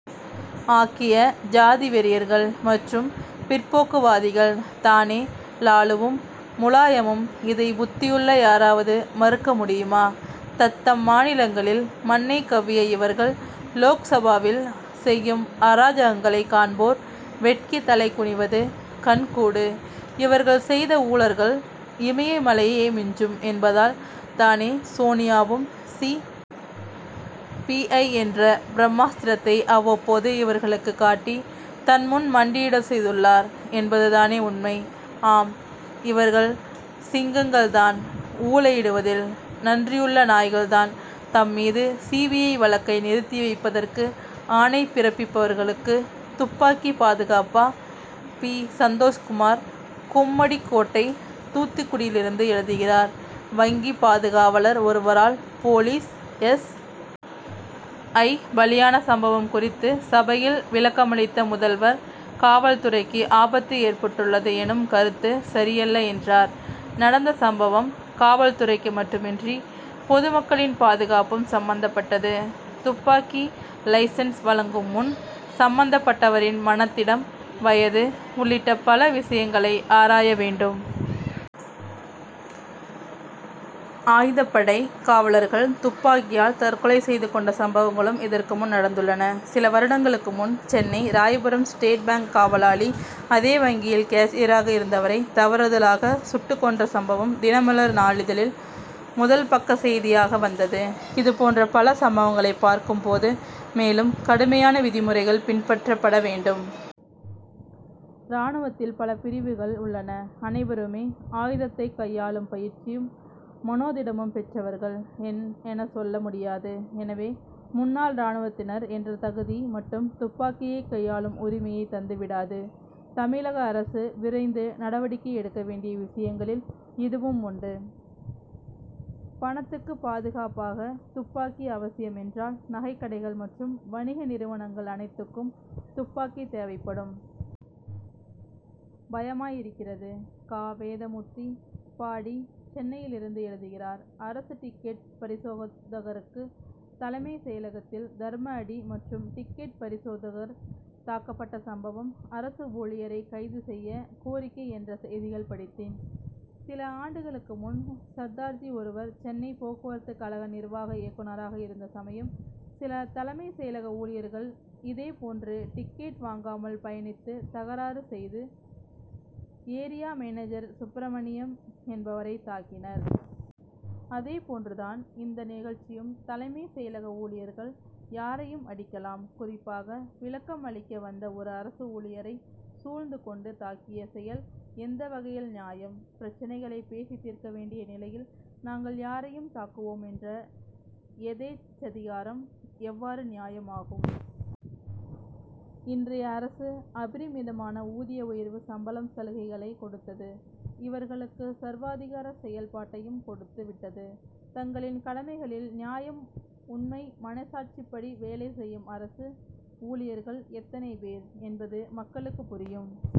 ஆக்கிய ஜாதி வெறியர்கள் மற்றும் பிற்போக்குவாதிகள் தானே லாலுவும் முலாயமும்! இதை புத்தியுள்ள யாராவது மறுக்க முடியுமா? தத்தம் மாநிலங்களில் மண்ணை கவ்விய இவர்கள் லோக்சபாவில் செய்யும் அராஜகங்களை காண்போர் வெட்கி தலைகுனிவது கண்கூடு! இவர்கள் செய்த ஊழல்கள் இமயமலையை யே மிஞ்சும் என்பதால் தானே சோனியாவும் சி. பி. ஐ. என்ற பிரம்மாஸ்திரத்தை அவ்வப்போது இவர்களுக்கு காட்டி தன்முன் மண்டியிட செய்துள்ளார் என்பது தானே உண்மை. ஆம்இவர்கள் சிங்கங்கள் தான் ஊளையிடுவதில்! நன்றியுள்ள நாய்கள்தான் தம்மீது சி. பி. ஐ. வழக்கை நிறுத்தி வைப்பதற்கு ஆணை பிறப்பிப்பவர்களுக்கு! துப்பாக்கி பாதுகாப்பா? பி. சந்தோஷ் குமார் கொம்மடிக் கோட்டை தூத்துக்குடியிலிருந்து எழுதுகிறார் வங்கி பாதுகாவலர் ஒருவரால் போலீஸ் எஸ். ஐ. பலியான சம்பவம் குறித்து சபையில் விளக்கமளித்த முதல்வர் காவல் துறைக்கு ஆபத்து ஏற்பட்டுள்ளது எனும் கருத்து சரியல்ல என்றார். நடந்த சம்பவம் காவல்துறைக்கு மட்டுமின்றி பொதுமக்களின் பாதுகாப்பும் சம்பந்தப்பட்டது. துப்பாக்கி லைசென்ஸ் வழங்கும்முன் சம்பந்தப்பட்டவரின் மனதிடம் வயது உள்ளிட்ட பல விஷயங்களை ஆராய வேண்டும். ஆயுதப்படைக் காவலர்கள் துப்பாக்கியால் தற்கொலை செய்து கொண்ட சம்பவங்களும் இதற்குமுன் நடந்துள்ளன. சில வருடங்களுக்கு முன் சென்னை ராயபுரம் ஸ்டேட் பாங்க் காவலாளி அதே வங்கியில் கேஷியராக இருந்தவரை தவறுதலாக சுட்டுக் கொன்ற சம்பவம் தினமலர் நாளிதழில் முதல் பக்க செய்தியாக வந்தது. இதுபோன்ற பல சம்பவங்களைப் பார்க்கும் போது மேலும் கடுமையான விதிமுறைகள் பின்பற்றப்பட வேண்டும். ராணுவத்தில் பல பிரிவுகள் உள்ளன. அனைவருமே ஆயுதத்தைக் கையாளும் பயிற்சியும் மனோதிடமும் பெற்றவர்கள் என சொல்ல முடியாது. எனவே முன்னாள் ராணுவத்தினர் என்ற தகுதி மட்டும் துப்பாக்கியை கையாளும் உரிமையைத் தந்துவிடாது. தமிழக அரசு விரைந்து நடவடிக்கை எடுக்க வேண்டிய விஷயங்களில் இதுவும் ஒன்று. பணத்துக்கு பாதுகாப்பாக துப்பாக்கி அவசியம் என்றால் நகைக்கடைகள் மற்றும் வணிக நிறுவனங்கள் அனைத்துக்கும் துப்பாக்கி தேவைப்படும். பயமாய் இருக்கிறது! கா. வேதமூர்த்தி பாடி சென்னையிலிருந்து எழுதுகிறார் அரசு டிக்கெட் பரிசோதகருக்கு தலைமை செயலகத்தில் தர்ம அடி மற்றும் டிக்கெட் பரிசோதகர் தாக்கப்பட்ட சம்பவம் அரசு ஊழியரை கைது செய்ய கோரிக்கை என்ற செய்திகள் படித்தேன். சில ஆண்டுகளுக்கு முன் சர்தார்ஜி ஒருவர் சென்னை போக்குவரத்து கழக நிர்வாக இயக்குனராக இருந்த சமயம் சில தலைமை செயலக ஊழியர்கள் இதே போன்று டிக்கெட் வாங்காமல் பயணித்து தகராறு செய்து ஏரியா மேனேஜர் சுப்பிரமணியம் என்பவரை தாக்கினர். அதே போன்று தான் இந்த நிகழ்ச்சியும். தலைமை செயலக ஊழியர்கள் யாரையும் அடிக்கலாம். குறிப்பாக விளக்கம் அளிக்க வந்த ஒரு அரசு ஊழியரை சூழ்ந்து கொண்டு தாக்கிய செயல் எந்த வகையில் நியாயம்? பிரச்னைகளை பேசித் தீர்க்க வேண்டிய நிலையில் நாங்கள் யாரையும் தாக்குவோம் என்ற யதேச்சதிகாரம் எவ்வாறு நியாயம் ஆகும். இன்றைய அரசு அபரிமிதமான ஊதிய உயர்வு சம்பளம் சலுகைகளைக் கொடுத்தது இவர்களுக்கு சர்வாதிகார செயல் பாட்டையும் கொடுத்து விட்டது. தங்களின் கடமைகளில் நியாயம் உண்மை மனசாட்சிப்படி வேலை செய்யும் அரசு ஊழியர்கள் எத்தனை பேர் என்பது மக்களுக்குப் புரியும்.